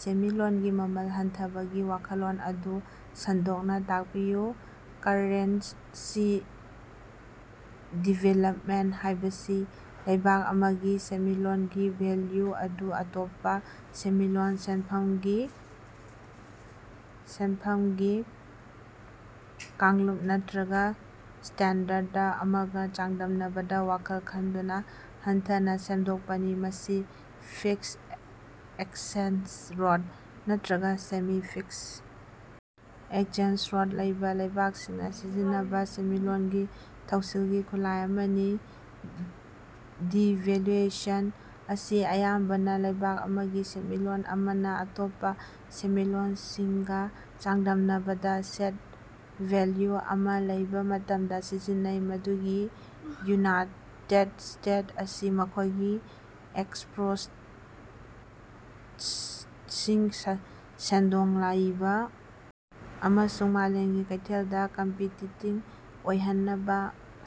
ꯁꯦꯟꯃꯤꯠꯂꯣꯟꯒꯤ ꯃꯃꯜ ꯍꯟꯊꯕꯒꯤ ꯋꯥꯈꯜꯂꯣꯟ ꯑꯗꯨ ꯁꯟꯗꯣꯛꯅ ꯇꯥꯛꯄꯤꯌꯨ꯫ ꯀꯔꯔꯦꯟꯁꯤ ꯗꯤꯚꯦꯂꯄꯃꯦꯟꯇ ꯍꯥꯏꯕꯁꯤ ꯂꯩꯕꯥꯛ ꯑꯃꯒꯤ ꯁꯦꯟꯃꯤꯠꯂꯣꯟꯒꯤ ꯚꯦꯜꯌꯨ ꯑꯗꯨ ꯑꯇꯣꯞꯄꯥ ꯁꯦꯟꯃꯤꯠꯂꯣꯟ, ꯁꯦꯟꯐꯝꯒꯤ ꯀꯥꯡꯂꯨꯞ ꯅꯠꯇ꯭ꯔꯒ ꯁ꯭ꯇꯦꯟꯗꯔꯗ ꯑꯃꯒꯥ ꯆꯥꯡꯗꯝꯅꯕꯗꯥ ꯋꯥꯈꯜ ꯈꯟꯗꯨꯅꯥ ꯍꯟꯊꯅꯥ ꯁꯦꯝꯗꯣꯛꯄꯅꯤ꯫ ꯃꯁꯤ ꯐꯤꯛꯁ ꯑꯦꯛꯁꯆꯦꯟꯖ ꯔꯦꯠ ꯅꯠꯇ꯭ꯔꯒ ꯁꯦꯃꯤ-ꯐꯤꯛꯁ ꯑꯦꯛꯁꯆꯦꯟꯖ ꯔꯦꯠ ꯂꯩꯕ ꯂꯩꯕꯥꯛꯁꯤꯡꯅꯥ ꯁꯤꯖꯤꯟꯅꯕ ꯁꯦꯟꯃꯤꯠꯂꯣꯟꯒꯤ ꯊꯧꯁꯤꯜꯒꯤ ꯈꯨꯠꯂꯥꯏ ꯑꯃꯅꯤ꯫ ꯗꯤꯚꯦꯜꯌꯨꯑꯦꯁꯟ ꯑꯁꯤ ꯑꯌꯥꯝꯕꯅꯥ ꯂꯩꯕꯥꯛ ꯑꯃꯒꯤ ꯁꯦꯟꯃꯤꯠꯂꯣꯟ ꯑꯃꯅꯥ ꯑꯇꯣꯞꯄꯥ ꯁꯦꯟꯃꯤꯠꯂꯣꯟꯁꯤꯡꯒꯥ ꯆꯥꯡꯗꯝꯅꯕꯗꯥ ꯁꯦꯠ ꯚꯦꯜꯌꯨ ꯑꯃꯥ ꯂꯩꯕ ꯃꯇꯝꯗꯥ ꯁꯤꯖꯤꯟꯅꯩ, ꯃꯗꯨꯗꯤ ꯌꯨꯅꯥꯠꯇꯦꯗ ꯁ꯭ꯇꯦꯠꯁ ꯑꯁꯤ ꯃꯈꯣꯏꯒꯤ ꯑꯦꯛꯁꯄꯣꯔꯇꯁꯤꯡ ꯁꯦꯟꯗꯣꯡ ꯂꯩꯕꯥ ꯑꯃꯁꯨꯡ ꯃꯥꯂꯦꯝꯒꯤ ꯀꯩꯊꯦꯜꯗꯥ ꯀꯝꯄꯤꯇꯤꯇꯤꯡ ꯑꯣꯏꯍꯟꯅꯕꯥ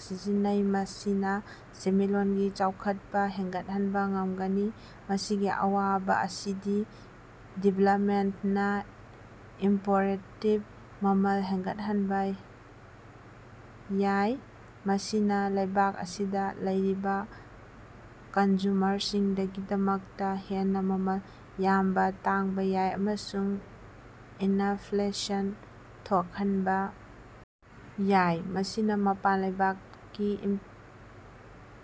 ꯁꯤꯖꯤꯟꯅꯩ꯫ ꯃꯁꯤꯅꯥ ꯁꯦꯟꯃꯤꯠꯂꯣꯟꯒꯤ ꯆꯥꯎꯈꯠꯄꯥ ꯍꯦꯟꯒꯠꯍꯟꯕ ꯉꯝꯒꯅꯤ꯫ ꯃꯁꯤꯒꯤ ꯑꯋꯥꯕꯥ ꯑꯁꯤꯗꯤ ꯗꯤꯚꯦꯂꯄꯃꯦꯟꯇꯅꯥ ꯏꯝꯄꯣꯔꯇꯀꯤ ꯃꯃꯜ ꯍꯦꯟꯒꯠꯍꯟꯕ ꯌꯥꯏ ꯫ ꯃꯁꯤꯅꯥ ꯂꯩꯕꯥꯛ ꯑꯁꯤꯗꯥ ꯂꯩꯔꯤꯕ ꯀꯟꯖꯨꯃꯔꯁꯤꯡꯒꯤꯗꯃꯛꯇꯥ ꯍꯦꯟꯅ ꯃꯃꯜ ꯌꯥꯝꯅ ꯇꯥꯡꯕ ꯌꯥꯏ, ꯑꯃꯁꯨꯡ ꯏꯅꯐ꯭ꯂꯦꯁꯟ ꯊꯣꯛꯍꯟꯕ ꯌꯥꯏ꯫ ꯃꯁꯤꯅꯥ ꯃꯄꯥꯟ ꯂꯩꯕꯥꯛꯀꯤ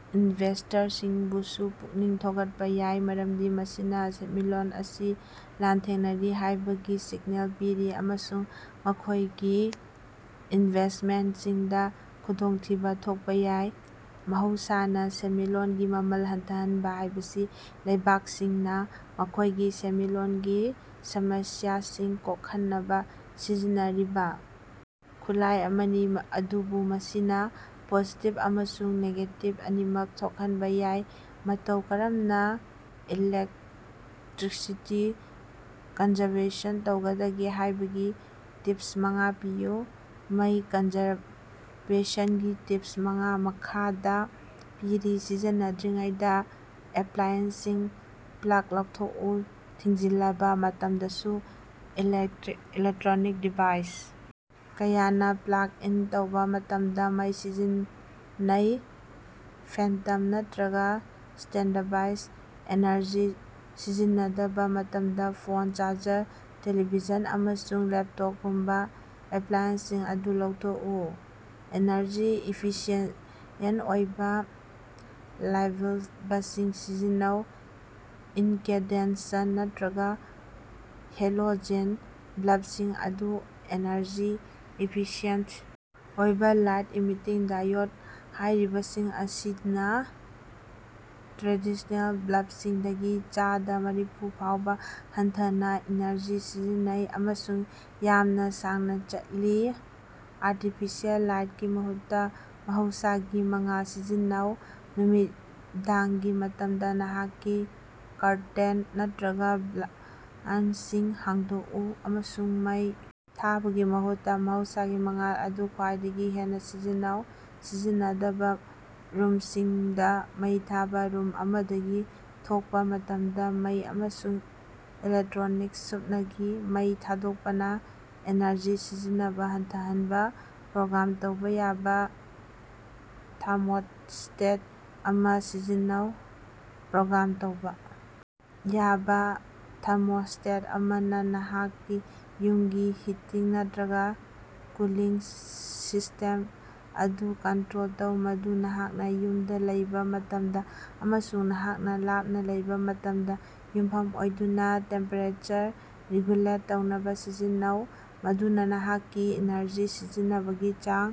ꯏꯟꯚꯦꯁ꯭ꯇꯔꯁꯤꯡꯕꯨꯁꯨ ꯄꯨꯛꯅꯤꯡ ꯊꯧꯒꯠꯄꯥ ꯌꯥꯏ ꯃꯔꯝꯗꯤ ꯃꯁꯤꯅꯥ ꯁꯦꯟꯃꯤꯠꯂꯣꯟ ꯑꯁꯤ ꯂꯥꯟꯊꯦꯡꯅꯔꯤ ꯍꯥꯏꯕꯒꯤ ꯁꯤꯒꯅꯦꯜ ꯄꯤꯔꯤ, ꯑꯃꯁꯨꯡ ꯃꯈꯣꯏꯒꯤ ꯏꯟꯚꯦꯁ꯭ꯇꯃꯦꯟꯇꯁꯤꯡꯗꯥ ꯈꯨꯗꯣꯡꯊꯤꯕ ꯊꯣꯛꯄꯥ ꯌꯥꯏ꯫ ꯃꯍꯧꯁꯥꯅꯥ ꯁꯦꯟꯃꯤꯠꯂꯣꯟꯒꯤ ꯃꯃꯜ ꯍꯟꯊꯍꯟꯕ ꯍꯥꯏꯕꯁꯤ ꯂꯩꯕꯥꯛꯁꯤꯡꯅꯥ ꯃꯈꯣꯏꯒꯤ ꯁꯦꯟꯃꯤꯠꯂꯣꯟꯒꯤ ꯁꯃꯁ꯭ꯌꯥꯁꯤꯡ ꯀꯣꯛꯍꯟꯅꯕꯥ ꯁꯤꯖꯤꯟꯅꯔꯤꯕꯥ ꯈꯨꯠꯂꯥꯏ ꯑꯃꯅꯤ, ꯑꯗꯨꯕꯨ ꯃꯁꯤꯅꯥ ꯄꯣꯖꯤꯇꯤꯕ ꯑꯃꯁꯨꯡ ꯅꯦꯒꯦꯇꯤꯕ ꯑꯅꯤꯃꯛ ꯊꯣꯛꯍꯟꯕꯥ ꯌꯥꯏ꯫ ꯃꯇꯧ ꯀꯔꯝꯅꯥ ꯏꯂꯦꯛꯠꯔꯤꯁꯤꯇꯤ ꯀꯟꯖꯔꯕꯦꯁꯟ ꯇꯧꯒꯗꯒꯦ ꯍꯥꯏꯕꯒꯤ ꯇꯤꯄꯁ ꯃꯉꯥ ꯄꯤꯌꯨ꯫ ꯃꯩ ꯀꯟꯖꯔꯕꯦꯁꯟꯒꯤ ꯇꯤꯄꯁ ꯃꯉꯥ ꯃꯈꯥꯗꯥ ꯄꯤꯔꯤ ꯁꯤꯖꯤꯟꯅꯗ꯭ꯔꯤꯉꯩꯗꯥ ꯑꯦꯞꯂꯥꯏꯑꯦꯟꯁꯁꯤꯡ ꯄ꯭ꯂꯒ ꯂꯧꯊꯣꯛꯎ ꯊꯤꯡꯖꯤꯜꯂꯕꯥ ꯃꯇꯝꯗꯁꯨ ꯏꯂꯦꯛꯠꯔꯣꯅꯤꯛ ꯗꯤꯚꯥꯏꯁ ꯀꯌꯥꯅꯥ ꯄ꯭ꯂꯒ ꯏꯟ ꯇꯧꯕ ꯃꯇꯝꯗꯥ ꯃꯩ ꯁꯤꯖꯤꯟꯅꯩ ꯐꯦꯟꯇꯝ ꯅꯠꯇ꯭ꯔꯒ ꯁ꯭ꯇꯦꯟꯗꯕꯥꯏ ꯑꯦꯅꯔꯖꯤ ꯁꯤꯖꯤꯟꯅꯗꯕꯥ ꯃꯇꯝꯗꯥ ꯐꯣꯟ ꯆꯥꯔꯖꯔ, ꯇꯦꯂꯤꯚꯤꯖꯟ, ꯑꯃꯁꯨꯡ ꯂꯦꯞꯇꯣꯄꯒꯨꯝꯕꯥ ꯑꯦꯞꯂꯥꯏꯑꯦꯟꯁꯁꯤꯡ ꯑꯗꯨ ꯂꯧꯊꯣꯛꯎ꯫ ꯑꯦꯅꯔꯖꯤ ꯏꯐꯤꯁꯤꯑꯦꯟꯇ ꯑꯣꯏꯕ ꯂꯥꯏꯠꯕꯜꯕꯁꯤꯡ ꯁꯤꯖꯤꯟꯅꯧ ꯏꯟꯀꯦꯟꯗꯦꯁꯟ ꯅꯠꯇ꯭ꯔꯒ ꯍꯦꯂꯣꯖꯦꯟ ꯕꯜꯕꯁꯤꯡ ꯑꯗꯨ ꯑꯦꯅꯔꯖꯤ ꯏꯐꯤꯁꯤꯑꯦꯟꯇ ꯑꯣꯏꯕ ꯂꯥꯏꯠ ꯏꯃꯤꯇꯤꯡ ꯗꯥꯏꯑꯣꯗ ꯍꯥꯏꯔꯤꯕꯁꯤꯡ ꯑꯁꯤꯅꯥ ꯇ꯭ꯔꯦꯗꯤꯁ꯭ꯅꯦꯜ ꯕꯜꯕꯁꯤꯡꯗꯒꯤ ꯆꯥꯗ ꯃꯔꯤꯐꯨ ꯐꯥꯎꯕ ꯍꯟꯊꯅꯥ ꯏꯅꯔꯖꯤ ꯁꯤꯖꯤꯟꯅꯩ ꯑꯃꯁꯨꯡ ꯌꯥꯝꯅ ꯁꯥꯡꯅꯥ ꯆꯠꯂꯤ꯫ ꯑꯥꯔꯇꯤꯐꯤꯁꯤꯑꯦꯜ ꯂꯥꯏꯠꯀꯤ ꯃꯍꯨꯠꯇꯥ ꯃꯍꯧꯁꯥꯒꯤ ꯃꯉꯥꯜ ꯁꯤꯖꯤꯟꯅꯧ ꯅꯨꯃꯤꯗꯥꯡꯒꯤ ꯃꯇꯝꯗꯥ ꯅꯍꯥꯛꯀꯤ ꯀꯔꯇꯦꯟ ꯅꯠꯇ꯭ꯔꯒꯥ ꯕ꯭ꯂꯥꯏꯟꯗꯁꯤꯡ ꯍꯥꯡꯗꯣꯛꯎ ꯑꯃꯁꯨꯡ ꯃꯩ ꯊꯥꯕꯒꯤ ꯃꯍꯨꯠꯇꯥ ꯃꯍꯧꯁꯥꯒꯤ ꯃꯉꯥꯜ ꯑꯗꯨ ꯈ꯭ꯋꯥꯏꯗꯒꯤ ꯍꯦꯟꯅꯥ ꯁꯤꯖꯤꯟꯅꯧ꯫ ꯁꯤꯖꯤꯟꯅꯗꯕꯥ ꯔꯨꯝꯁꯤꯡꯗꯥ ꯃꯩ ꯊꯥꯕꯥ ꯔꯨꯝ ꯑꯃꯗꯒꯤ ꯊꯣꯛꯄꯥ ꯃꯇꯝꯗꯥ ꯃꯩ ꯑꯃꯁꯨꯡ ꯏꯂꯦꯛꯠꯔꯣꯅꯤꯛꯁ ꯁꯨꯞꯅꯒꯤ ꯃꯩ ꯊꯥꯗꯣꯛꯄꯅꯥ ꯑꯦꯅꯔꯖꯤ ꯁꯤꯖꯤꯟꯅꯕꯥ ꯍꯟꯊꯍꯟꯕꯥ꯫ ꯄ꯭ꯔꯣꯒ꯭ꯔꯥꯝ ꯇꯧꯕ ꯌꯥꯕ ꯊꯥꯔꯃꯣꯁ꯭ꯇꯦꯠ ꯑꯃꯥ ꯁꯤꯖꯤꯟꯅꯧ ꯄ꯭ꯔꯣꯒ꯭ꯔꯥꯝ ꯇꯧꯕ ꯌꯥꯕ ꯊꯥꯔꯃꯣꯁ꯭ꯇꯦꯠ ꯑꯃꯅꯥ ꯅꯍꯥꯛꯀꯤ ꯌꯨꯝꯒꯤ ꯍꯤꯇꯤꯡ ꯅꯠꯇ꯭ꯔꯒ ꯀꯨꯂꯤꯡ ꯁꯤꯁ꯭ꯇꯦꯝ ꯑꯗꯨ ꯀꯟꯇꯔꯣꯜ ꯇꯧ꯫ ꯃꯗꯨ ꯅꯍꯥꯛꯅꯥ ꯌꯨꯝꯗꯥ ꯂꯩꯕ ꯃꯇꯝꯗꯥ ꯑꯃꯁꯨꯡ ꯅꯍꯥꯛꯅꯥ ꯂꯥꯞꯅꯥ ꯂꯩꯕ ꯃꯇꯝꯗꯥ ꯌꯨꯝꯐꯝ ꯑꯣꯏꯗꯨꯅꯥ ꯇꯦꯝꯄꯦꯔꯦꯆꯔ ꯔꯤꯒꯨꯂꯦꯠ ꯇꯧꯅꯕ ꯁꯤꯖꯤꯟꯅꯧ, ꯃꯗꯨꯅꯥ ꯅꯍꯥꯛꯀꯤ ꯏꯅꯔꯖꯤ ꯁꯤꯖꯤꯟꯅꯕꯒꯤ ꯆꯥꯡ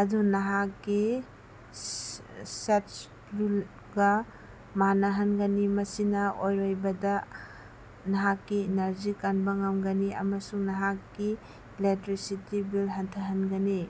ꯑꯗꯨ ꯅꯍꯥꯛꯀꯤ ꯁꯦꯗ꯭ꯌꯨꯂꯒꯥ ꯃꯥꯟꯅꯍꯟꯒꯅꯤ꯫ ꯃꯁꯤꯅꯥ ꯑꯔꯣꯏꯕꯗꯥ ꯅꯍꯥꯛꯀꯤ ꯏꯅꯔꯖꯤ ꯀꯟꯕ ꯉꯝꯒꯅꯤ ꯑꯃꯁꯨꯡ ꯅꯍꯥꯛꯀꯤ ꯏꯂꯦꯛꯠꯔꯤꯁꯤꯇꯤ ꯕꯤꯜ ꯍꯟꯊꯍꯟꯒꯅꯤ꯫